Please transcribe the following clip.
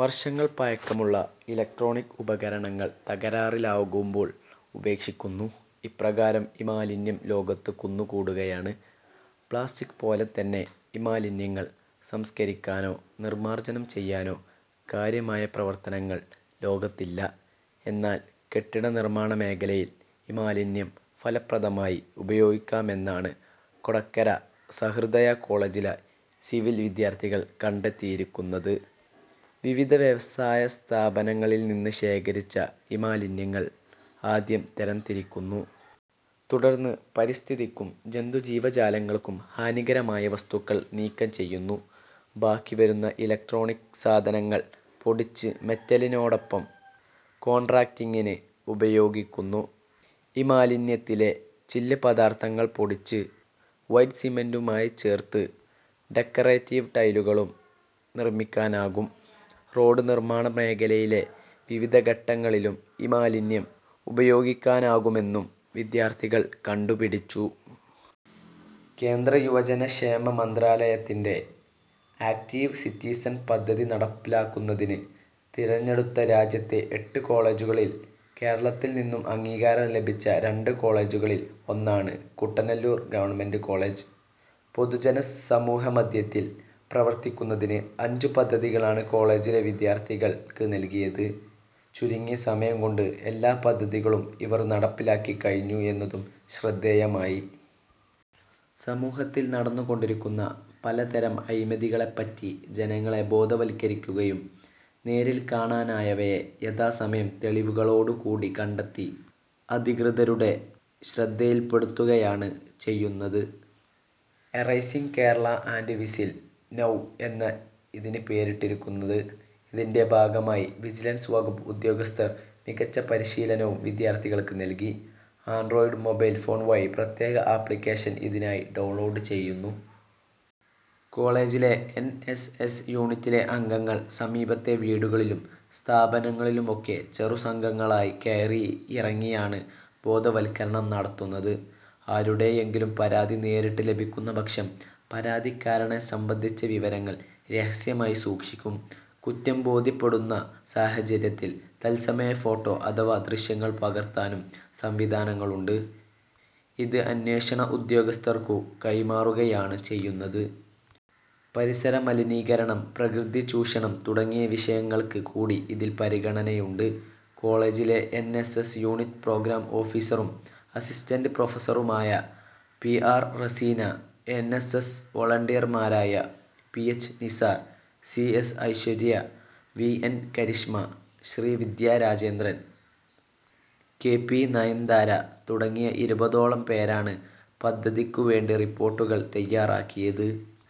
വർഷങ്ങൾ പഴക്കമുള്ള ഇലക്ട്രോണിക് ഉപകരണങ്ങൾ തകരാറിലാകുമ്പോൾ ഉപേക്ഷിക്കുന്നു. ഇപ്രകാരം ഇമാലിന്യം ലോകത്ത് കുന്നുകൂടുകയാണ്. പ്ലാസ്റ്റിക്പോലെത്തന്നെ ഇമാലിന്യങ്ങൾ സംസ്കരിക്കാനോ നിർമാർജനം ചെയ്യാനോ കാര്യമായ പ്രവർത്തനങ്ങൾ ലോകത്തില്ല. എന്നാൽ കെട്ടിടനിർമാണമേഖലയിൽ ഇമാലിന്യം ഫലപ്രദമായി ഉപയോഗിക്കാമെന്നാണ് കൊടകര സഹൃദയ കോളേജിലെ സിവിൽ വിദ്യാർഥികൾ കണ്ടെത്തിയിരിക്കുന്നത്. വിവിധ വ്യവസായ സ്ഥാപനങ്ങളിൽനിന്ന് ശേഖരിച്ച ഇമാലിന്യങ്ങൾ ആദ്യം തരംതിരിക്കുന്നു. തുടർന്ന് പരിസ്ഥിതിക്കും ജന്തുജീവജാലങ്ങൾക്കും ഹാനികരമായ വസ്തുക്കൾ നീക്കം ചെയ്യുന്നു. ബാക്കി വരുന്ന ഇലക്ട്രോണിക് സാധനങ്ങൾ പൊടിച്ച് മെറ്റലിനോടൊപ്പം കോൺക്രീറ്റിങ്ങിന് ഉപയോഗിക്കുന്നു. ഇമാലിന്യത്തിലെ ചില്ല് പദാർത്ഥങ്ങൾ പൊടിച്ച് വൈറ്റ് സിമന്റുമായി ചേർത്ത് ഡെക്കറേറ്റീവ് ടൈലുകളും നിർമിക്കാനാകും. റോഡ് നിർമാണ മേഖലയിലെ വിവിധ ഘട്ടങ്ങളിലും ഇമാലിന്യം ഉപയോഗിക്കാനാകുമെന്നും വിദ്യാർഥികൾ കണ്ടുപിടിച്ചു. കേന്ദ്ര യുവജനക്ഷേമ മന്ത്രാലയത്തിന്റെ ആക്ടീവ് സിറ്റിസൺ പദ്ധതി നടപ്പിലാക്കുന്നതിന് തിരഞ്ഞെടുത്ത രാജ്യത്തെ എട്ടു കോളേജുകളിൽ കേരളത്തിൽനിന്നും അംഗീകാരം ലഭിച്ച രണ്ട് കോളേജുകളിൽ ഒന്നാണ് കുട്ടനെല്ലൂർ ഗവ. കോളേജ്. പൊതുജന സമൂഹമധ്യത്തിൽ പ്രവർത്തിക്കുന്നതിന് അഞ്ചു പദ്ധതികളാണ് കോളേജിലെ വിദ്യാർഥികൾക്ക് നൽകിയത്. ചുരുങ്ങിയ സമയംകൊണ്ട് എല്ലാ പദ്ധതികളും ഇവർ നടപ്പിലാക്കിക്കഴിഞ്ഞു എ ന്നതും ശ്രദ്ധേയമായി. സമൂഹത്തിൽ നടന്നുകൊണ്ടിരിക്കുന്ന പലതരം അഴിമതികളെപ്പറ്റി ജനങ്ങളെ ബോധവത്കരിക്കുകയും നേരിൽ കാണാനായവയെ യഥാസമയം തെളിവുകളോടുകൂടി കണ്ടെത്തി അധികൃതരുടെ ശ്രദ്ധിയിൽപ്പെടുത്തുകയാണ് ചെയ്യുന്നത്. Arising Kerala and whistle now എന്നാണ് ഇതിന് പേരിട്ടിരിക്കുന്നത്. ഇതിന്റെ ഭാഗമായി വിജിലൻസ് വകുപ്പ് ഉദ്യോഗസ്ഥർ മികച്ച പരിശീലനവും വിദ്യാർഥികൾക്ക് നൽകി. ആൻഡ്രോയിഡ് മൊബൈൽ ഫോൺ വഴി പ്രത്യേക ആപ്ളിക്കേഷൻ ഇതിനായി ഡൗൺലോഡ് ചെയ്യുന്നു. കോളേജിലെ എൻ. എസ്. എസ്. യൂണിറ്റിലെ അംഗങ്ങൾ സമീപത്തെ വീടുകളിലും സ്ഥാപനങ്ങളിലുമൊക്കെ ചെറുസംഘങ്ങളായി കയറിയിറങ്ങിയാണ് ബോധവത്കരണം നടത്തുന്നത്. ആരുടെയെങ്കിലും പരാതി നേരിട്ട് ലഭിക്കുന്നപക്ഷം പരാതിക്കാരനെ സംബന്ധിച്ച വിവരങ്ങൾ രഹസ്യമായി സൂക്ഷിക്കും. കുറ്റം ബോധ്യപ്പെടുന്ന സാഹചര്യത്തിൽ തത്സമയ ഫോട്ടോ അഥവാ ദൃശ്യങ്ങൾ പകർത്താനും സംവിധാനങ്ങളുണ്ട്. ഇത് അന്വേഷണ ഉദ്യോഗസ്ഥർക്കു കൈമാറുകയാണ് ചെയ്യുന്നത്. പരിസരമലിനീകരണം, പ്രകൃതിചൂഷണം തുടങ്ങിയ വിഷയങ്ങൾക്ക് കൂടി ഇതിൽ പരിഗണനയുണ്ട്. കോളേജിലെ N. S. S. Unit programme ഓഫീസറും അസി. പ്രൊഫസറുമായ P. R. Raseena, N. S. S. വൊളന്റിയർമാരായ P. H. Nisar, C. S. Aishwarya, V. N. Karishma, Sreevidya Rajendran, K. P. Nayanthara തുടങ്ങി ഇരുപതോളം പേരാണ് പദ്ധതിക്കുവേണ്ടി റിപ്പോർട്ടുകൾ തയ്യാറാക്കിയത്.